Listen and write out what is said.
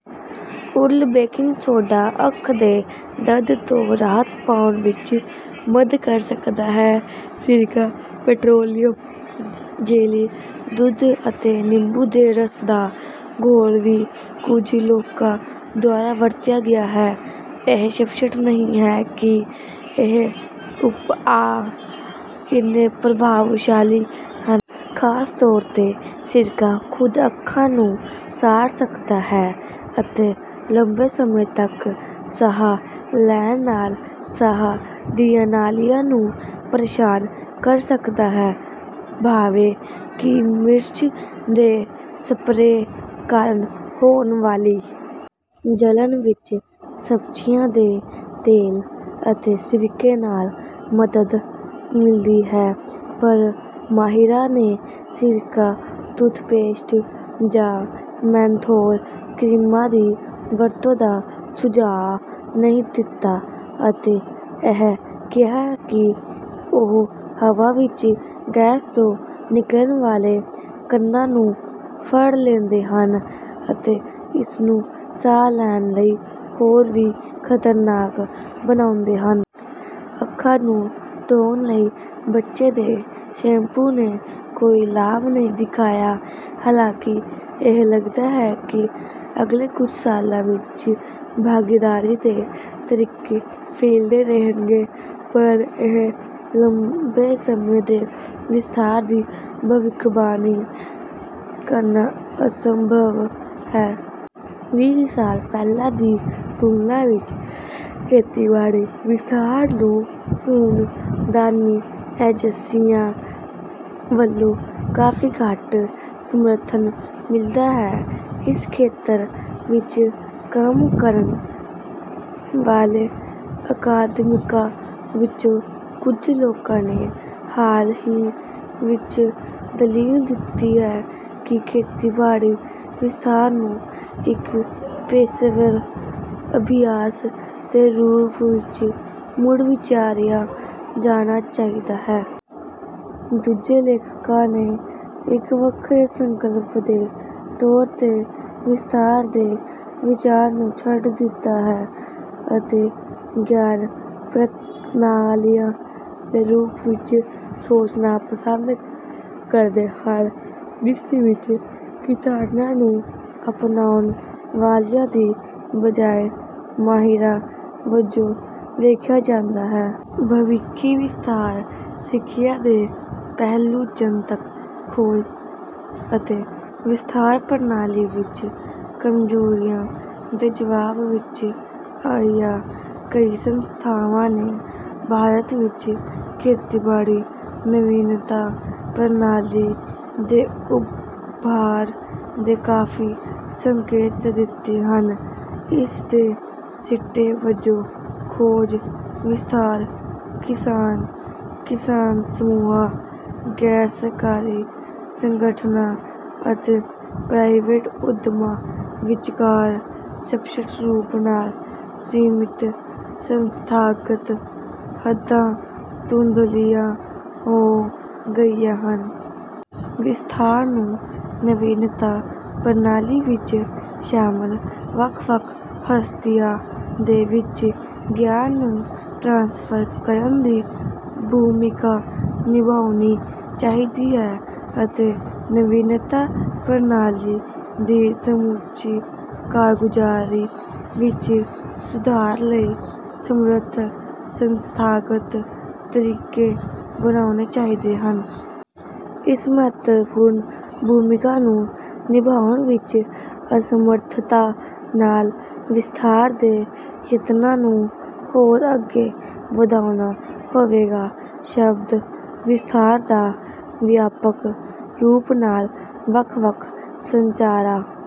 Oral baking soda ਅੱਖ ਦੇ ਦਰਦ ਤੋਂ ਰਾਹਤ ਪਾਉਣ ਵਿੱਚ ਮਦ ਕਰ ਸਕਦਾ ਹੈ। ਸਿਰਕਾ, ਪੈਟਰੋਲੀਅਮ ਜੈਲੀ, ਦੁੱਧ ਅਤੇ ਨਿੰਬੂ ਦੇ ਰਸ ਦਾ ਘੋਲ ਵੀ ਕੁਝ ਲੋਕਾਂ ਦੁਆਰਾ ਵਰਤਿਆ ਗਿਆ ਹੈ। ਇਹ ਸਪਸ਼ਟ ਨਹੀਂ ਹੈ ਕਿ ਇਹ ਉਪਾਅ ਕਿੰਨੇ ਪ੍ਰਭਾਵਸ਼ਾਲੀ ਹਨ। ਖਾਸ ਤੌਰ 'ਤੇ, ਸਿਰਕਾ ਖੁਦ ਅੱਖਾਂ ਨੂੰ ਸਾੜ ਸਕਦਾ ਹੈ ਅਤੇ ਲੰਬੇ ਸਮੇਂ ਤੱਕ ਸਾਹ ਲੈਣ ਨਾਲ ਸਾਹ ਦੀਆਂ ਨਾਲੀਆਂ ਨੂੰ ਪਰੇਸ਼ਾਨ ਕਰ ਸਕਦਾ ਹੈ। ਭਾਵੇਂ ਕਿ ਮਿਰਚ ਦੇ ਸਪਰੇਅ ਕਾਰਨ ਹੋਣ ਵਾਲੀ ਜਲਣ ਵਿੱਚ ਸਬਜ਼ੀਆਂ ਦੇ ਤੇਲ ਅਤੇ ਸਿਰਕੇ ਨਾਲ ਮਦਦ ਮਿਲਦੀ ਹੈ, ਪਰ ਮਾਹਿਰਾਂ ਨੇ ਸਿਰਕਾ, ਟੂਥਪੇਸਟ ਜਾਂ ਮੇਨਥੋਲ ਕਰੀਮਾਂ ਦੀ ਵਰਤੋਂ ਦਾ ਸੁਝਾਅ ਨਹੀਂ ਦਿੱਤਾ ਅਤੇ ਇਹ ਕਿਹਾ ਕਿ "ਉਹ ਹਵਾ ਵਿੱਚ ਗੈਸ ਤੋਂ ਨਿਕਲਣ ਵਾਲੇ ਕਣਾਂ ਨੂੰ ਫੜ ਲੈਂਦੇ ਹਨ ਅਤੇ ਇਸਨੂੰ ਸਾਹ ਲੈਣ ਲਈ ਹੋਰ ਵੀ ਖਤਰਨਾਕ ਬਣਾਉਂਦੇ ਹਨ।" ਅੱਖਾਂ ਨੂੰ ਧੋਣ ਲਈ ਬੱਚੇ ਦੇ ਸ਼ੈਂਪੂ ਨੇ ਕੋਈ ਲਾਭ ਨਹੀਂ ਦਿਖਾਇਆ। ਹਾਲਾਂਕਿ ਇਹ ਲੱਗਦਾ ਹੈ ਕਿ ਅਗਲੇ ਕੁਝ ਸਾਲਾਂ ਵਿੱਚ ਭਾਗੀਦਾਰੀ ਦੇ ਤਰੀਕੇ ਫੈਲਦੇ ਰਹਿਣਗੇ, ਪਰ ਇਹ ਲੰਬੇ ਸਮੇਂ ਦੇ ਵਿਸਥਾਰ ਦੀ ਭਵਿੱਖਬਾਣੀ ਕਰਨਾ ਅਸੰਭਵ ਹੈ। ਵੀਹ ਸਾਲ ਪਹਿਲਾਂ ਦੀ ਤੁਲਨਾ ਵਿੱਚ, ਖੇਤੀਬਾੜੀ ਵਿਸਥਾਰ ਨੂੰ ਹੁਣ ਦਾਨੀ ਏਜੰਸੀਆਂ ਵੱਲੋਂ ਕਾਫੀ ਘੱਟ ਸਮਰਥਨ ਮਿਲਦਾ ਹੈ। ਇਸ ਖੇਤਰ ਵਿੱਚ ਕੰਮ ਕਰਨ ਵਾਲੇ ਅਕਾਦਮਿਕਾਂ ਵਿੱਚੋਂ, ਕੁਝ ਲੋਕਾਂ ਨੇ ਹਾਲ ਹੀ ਵਿੱਚ ਦਲੀਲ ਦਿੱਤੀ ਹੈ ਕਿ ਖੇਤੀਬਾੜੀ ਵਿਸਥਾਰ ਨੂੰ ਇੱਕ ਪੇਸ਼ੇਵਰ ਅਭਿਆਸ ਦੇ ਰੂਪ ਵਿੱਚ ਮੁੜ-ਵਿਚਾਰਿਆ ਜਾਣਾ ਚਾਹੀਦਾ ਹੈ। ਦੂਜੇ ਲੇਖਕਾਂ ਨੇ ਇੱਕ ਵੱਖਰੇ ਸੰਕਲਪ ਦੇ ਤੌਰ 'ਤੇ ਵਿਸਥਾਰ ਦੇ ਵਿਚਾਰ ਨੂੰ ਛੱਡ ਦਿੱਤਾ ਹੈ ਅਤੇ "ਗਿਆਨ ਪ੍ਰਣਾਲੀਆਂ" ਦੇ ਰੂਪ ਵਿੱਚ ਸੋਚਣਾ ਪਸੰਦ ਕਰਦੇ ਹਨ ਜਿਸ ਵਿੱਚ ਕਿਸਾਨਾਂ ਨੂੰ ਅਪਣਾਉਣ ਵਾਲਿਆਂ ਦੀ ਬਜਾਏ ਮਾਹਿਰਾਂ ਵਜੋਂ ਵੇਖਿਆ ਜਾਂਦਾ ਹੈ। ਭਵਿੱਖੀ ਵਿਸਥਾਰ ਸਿੱਖਿਆ ਦੇ ਪਹਿਲੂ ਜਨਤਕ ਖੋਜ ਅਤੇ ਵਿਸਥਾਰ ਪ੍ਰਣਾਲੀ ਵਿੱਚ ਕਮਜ਼ੋਰੀਆਂ ਦੇ ਜਵਾਬ ਵਿੱਚ ਆਈਆਂ ਕਈ ਸੰਸਥਾਵਾਂ ਨੇ ਭਾਰਤ ਵਿੱਚ ਖੇਤੀਬਾੜੀ ਨਵੀਨਤਾ ਪ੍ਰਣਾਲੀ ਦੇ ਉਭਾਰ ਦੇ ਕਾਫ਼ੀ ਸੰਕੇਤ ਦਿੱਤੇ ਹਨ। ਇਸ ਦੇ ਸਿੱਟੇ ਵਜੋਂ ਖੋਜ, ਵਿਸਥਾਰ, ਕਿਸਾਨ, ਕਿਸਾਨ ਸਮੂਹਾਂ, ਗੈਰ ਸਰਕਾਰੀ ਸੰਗਠਨਾਂ ਅਤੇ ਪ੍ਰਾਈਵੇਟ ਉੱਦਮਾਂ ਵਿੱਚਕਾਰ ਸਪੱਸ਼ਟ ਰੂਪ ਨਾਲ ਸੀਮਿਤ ਸੰਸਥਾਗਤ ਹੱਦਾਂ ਧੁੰਦਲੀਆਂ ਹੋ ਗਈਆਂ ਹਨ। ਵਿਸਥਾਰ ਨੂੰ ਨਵੀਨਤਾ ਪ੍ਰਣਾਲੀ ਵਿੱਚ ਸ਼ਾਮਲ ਵੱਖ-ਵੱਖ ਹਸਤੀਆਂ ਦੇ ਵਿੱਚ ਗਿਆਨ ਨੂੰ ਟ੍ਰਾਂਸਫਰ ਕਰਨ ਦੀ ਭੂਮਿਕਾ ਨਿਭਾਉਣੀ ਚਾਹੀਦੀ ਹੈ ਅਤੇ ਨਵੀਨਤਾ ਪ੍ਰਣਾਲੀ ਦੀ ਸਮੁੱਚੀ ਕਾਰਗੁਜ਼ਾਰੀ ਵਿੱਚ ਸੁਧਾਰ ਲਈ ਸਮਰੱਥ ਸੰਸਥਾਗਤ ਤਰੀਕੇ ਬਣਾਉਣੇ ਚਾਹੀਦੇ ਹਨ। ਇਸ ਮਹੱਤਵਪੂਰਨ ਭੂਮਿਕਾ ਨੂੰ ਨਿਭਾਉਣ ਵਿੱਚ ਅਸਮਰਥਤਾ ਨਾਲ ਵਿਸਥਾਰ ਦੇ ਯਤਨਾਂ ਨੂੰ ਹੋਰ ਅੱਗੇ ਵਧਾਉਣਾ ਹੋਵੇਗਾ। ਸ਼ਬਦ "ਵਿਸਥਾਰ" ਦਾ ਵਿਆਪਕ ਰੂਪ ਨਾਲ ਵੱਖ-ਵੱਖ ਸੰਚਾਰਾਂ